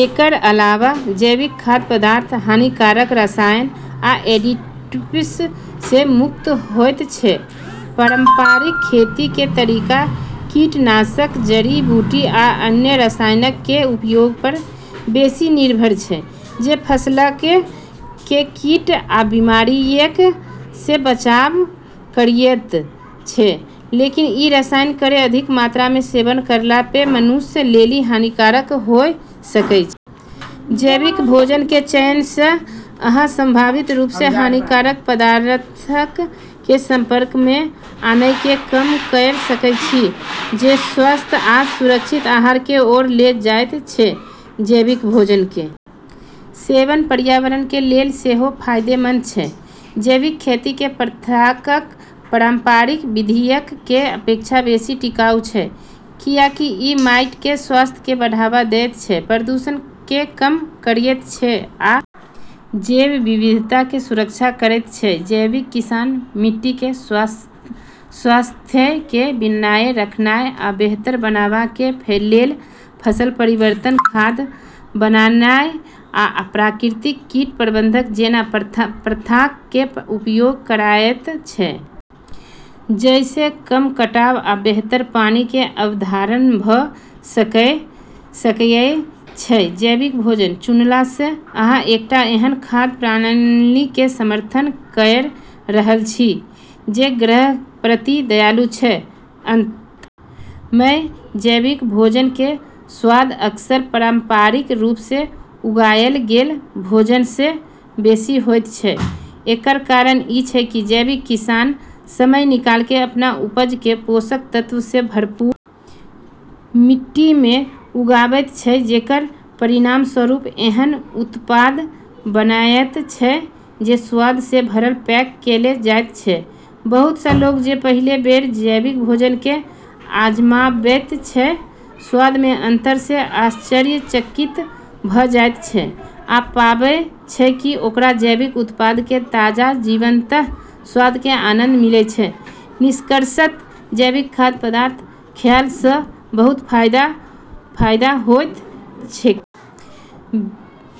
एकर अलावा जैविक खाद्य पदार्थ हानिकारक रसायन आ एडिटिव्स सं मुक्त होयत छै, पारंपरिक खेती कें तरीका कीटनाशक, जड़ी-बूटी आ अन्य रसायनक कें उपयोग पर बेसि निर्भर छै जे फसलक कें कीट आ बीमारियक सं बचाव करएयत छै, लेकिन ई रसायन केरऽ अधिक मात्रा मे सेवन करला पे मनुष्य लेली हानिकारक होय सकै छै। जैविक भोजन कें चयन सं, अहां संभावित रूप सं हानिकारक पदार्थक कें संपर्क मे आनाय कें कम कयर सकय छी जे स्वस्थ आ सुरक्षित आहार कें ओर ले जायत छै, जैविक भोजन कें सेवन पर्यावरण कें लेल सेहो फायदेमंद छै, जैविक खेती कें प्रथाक पारंपरिक विधियक कें अपेक्षा बेसि टिकाऊ छै, कियाकि इ माइट कें स्वास्थ्य कें बढ़ावा देयत छै, प्रदूषण कें कम करयत छै आ जैव विविधता कें सुरक्षा करयत छै, जैविक किसान मिट्टी कें स्वास्थ्य कें बनाए रखनाय आ बेहतर बनावा कें लेल फसल परिवर्तन, खाद बनानाय आ प्राकृतिक कीट प्रबंधन जैना प्रथाक कें उपयोग करएयत छै जइ सं कम कटाव आ बेहतर पानी कें अवधारण भ सकएय छै, जैविक भोजन चुनला सं अहां एकटा एहन खाद्य प्रणाली कें समर्थन कयर रहल छी जे ग्रह कें प्रति दयालु छै, अंत मे जैविक भोजन कें स्वाद अक्सर पारंपरिक रूप सं उगाएल गेल भोजन सं बेसि होयत छै, एकर कारण इ छै की जैविक किसान समय निकाल क अपन उपज कें पोषक तत्व सं भरपूर मिट्टी मे उगाबैत छै जेकर परिणामस्वरूप एहन उत्पाद बनएयत छै जे स्वाद सं भरल पैक कैल जायत छै, बहुत सं लोग जे पहिल बेर जैविक भोजन कें आजमाबैत छै, स्वाद मे अंतर सं आश्चर्यचकित भ जायत छै आ पाबै छै कि ओकरा जैविक उत्पाद कें ताजा, जीवंत स्वाद कें आनंद मिलै छै, निष्कर्षतः जैविक खाद्य पदार्थ खयला सँ बहुत फायदा होइत छैक।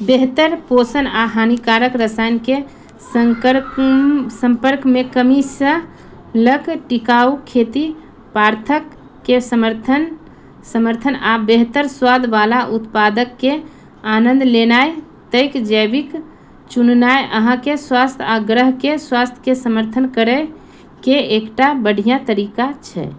बेहतर पोषण आ हानिकारक रसायन कें संपर्क मे कमी सं ल क टिकाऊ खेती प्रथाक कें समर्थन आ बेहतर स्वाद वाला उत्पादक कें आनंद लेनाय तइक, जैविक चुननाय अहां कें स्वास्थ्य आ ग्रह कें स्वास्थ्य कें समर्थन करय कें एकटा बढ़िया तरीका छै।